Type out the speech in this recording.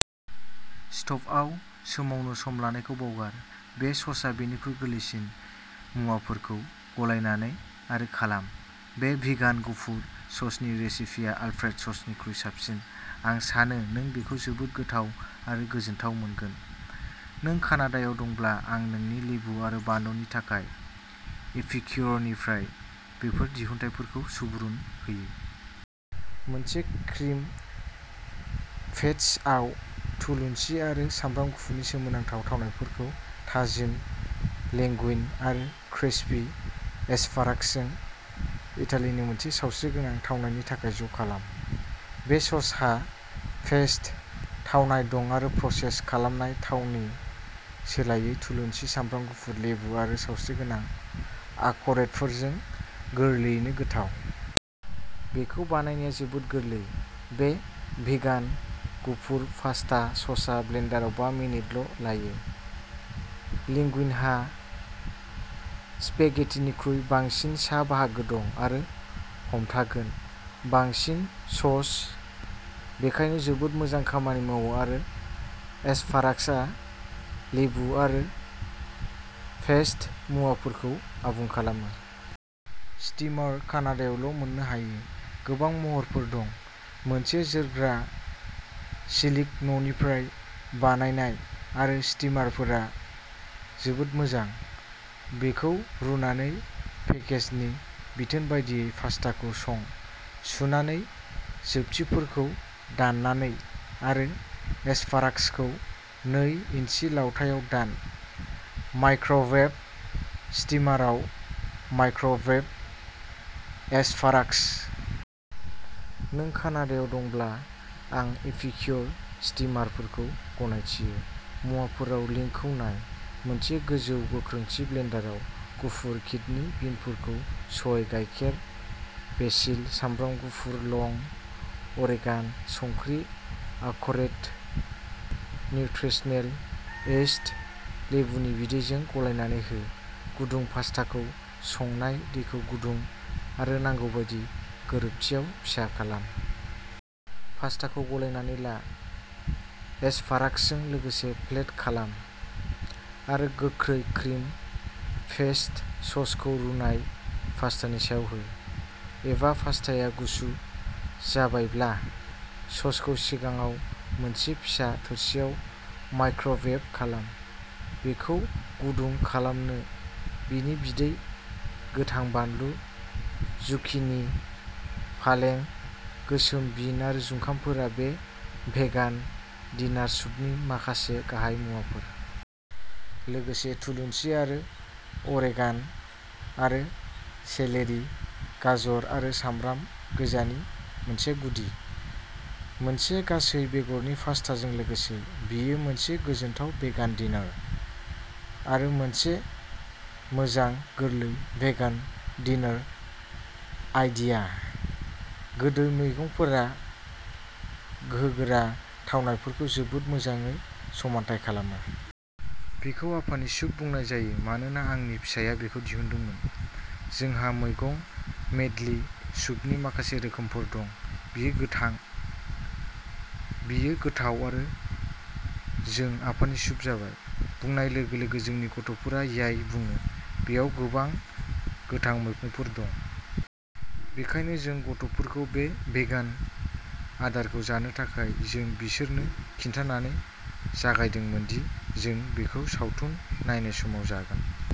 स्ट'वआव सोमावनो सम लानायखौ बावगार, बे ससआ बेनिख्रुइ गोरलैसिन मुवाफोरखौ गलायनानै आरो खालाम। बे भिगान गुफुर ससनि रेसिपिया आलप्रेड ससनिख्रुइ साबसिन, आं सानो नों बेखौ जोबोद गोथाव आरो गोजोनथाव मोनगोन। नों कानाडायाव दंब्ला आं नोंनि लेबु आरो बानलुनि थाखाय, एपिक्युरनिफ्राय बेफोर दिहुनथायफोरखौ सुबुरुन होयो। मोनसे क्रिम पेटस आव थुलुनसि आरो सामब्राम गुफुरनि सोमोनांथाव थावनायफोरखौ थाजिम लेंगुइन आरो क्रिस्पि एस्पारागासजों, इटालीनि मोनसे सावस्रिगोनां थावनायनि थाखाय ज'खालाम। बे ससहा पेस्ट थावनाय दं आरो प्रसेस खालामनाय थावनि सोलायै थुलुनसि, सामब्राम गुफुर, लेबु आरो सावस्रिगोनां आखरोटफोरजों गोरलैयैनो गोथाव। बेखौ बानायनाया जोबोद गोरलै, बे भिगान गुफुर पास्ता ससआ ब्लेन्डाराव बा मिनिटल' लायो। लिंगुइनहा स्पेगेटिनिख्रुइ बांसिन सा बाहागो दं, आरो हमथागोन। बांसिन सस, बेनिखायनो जोबोद मोजां खामानि मावो आरो एस्पारागासआ लेबु आरो पेस्ट'मुवाफोरखौ आबुं खालामो। स्टीमार कानाडायावल'मोननो हायो। गोबां महरफोर दं, मोनसे जोरग्रा सिलिकन'निफ्राय बानायनाय, बेफोर स्टीमारफोरा जोबोद मोजां। दैखौ रुनानै पेकेजनि बिथोन बायदियै पास्टाखौ सं। सुनानै जोबथिफोरखौ दाननानै, आरो एस्पारागसखौ नै इन्सि लावथाइआव दान। माइक्र'वेभ स्टीमाराव माइक्र'वेभ एस्पारागस। नों कानाडायाव दंब्ला, आं एपिक्युर स्टीमारफोरखौ गनायथियो। मुवाफोराव लिंकखौ नाय। मोनसे गोजौ गोख्रैथि ब्लेन्डाराव, गुफुर किडनि बिनफोरखौ सय गायखेर, बेसिल, सामब्राम गुफुर, लं, अरेगान', संख्रि, आखरोट, निउत्रिसनेल इस्ट, लेबुनि बिदैजों गलायनानै हो। गुदुं पास्टाखौ संनाय दैखौ गुदुं आरो नांगौबादि गोरोबथियाव फिसा खालाम। पास्टाखौ गलायनानै ला, एस्पारागासजों प्लेट खालाम, आरो गोख्रै क्रिम पेस्ट'ससखौ रुनाय पास्टानि सायाव हो। एबा, पास्टाया गुसु जाबायब्ला, ससखौ सिगाङाव मोनसे फिसा थोरसिआव माइक्र'वेभ खालाम, बेखौ गुदुं खालामनो बेनि बिदै, गोथां बानलु, जुकिनि, फालें, गोसोम बिन आरो जुखामफोरा बे भेगान डिनार सुपनि माखासे गाहाय मुवाफोर। लोगोसे थुलुनसि, आरो अरेगान'आरो सेलेरि, गाजर आरो सामब्राम गोजानि मोनसे गुदि। मोनसे गासै बेगरनि पास्ताजों लोगोसे, बेयो मोनसे गोजोनथाव भेगान डिनर, आरो मोनसे मोजां गोरलै भेगान डिनार आइडिया। गोदै मैगंफोरा गोहोगोरा थावनायफोरखौ जोबोद मोजाङै समानथाय खालामो। बेखौ आफानि सुप बुंनाय जायो, मानोना आंनि फिसाया बेखौ दिहुनदोंमोन। जोंहा मैगं मेडलि सुपनि माखासे रोखोमफोर दं, बेयो गोथां। बेयो गोथाव, आरो जों "आफानि सुप जाबाय" बुंनाय लोगो-लोगो जोंनि गथ'फोरा "याय" बुङो। बेयाव गोबां गोथां मैगंफोर दं। बेनिखायनो जोंनि गथ'फोरखौ बे भेगान आदारखौ जानो थाखाय जों बिसोरनो खिन्थानानै जागायदोंमोन दि जों बेखौ सावथुन नायनाय समाव जागोन।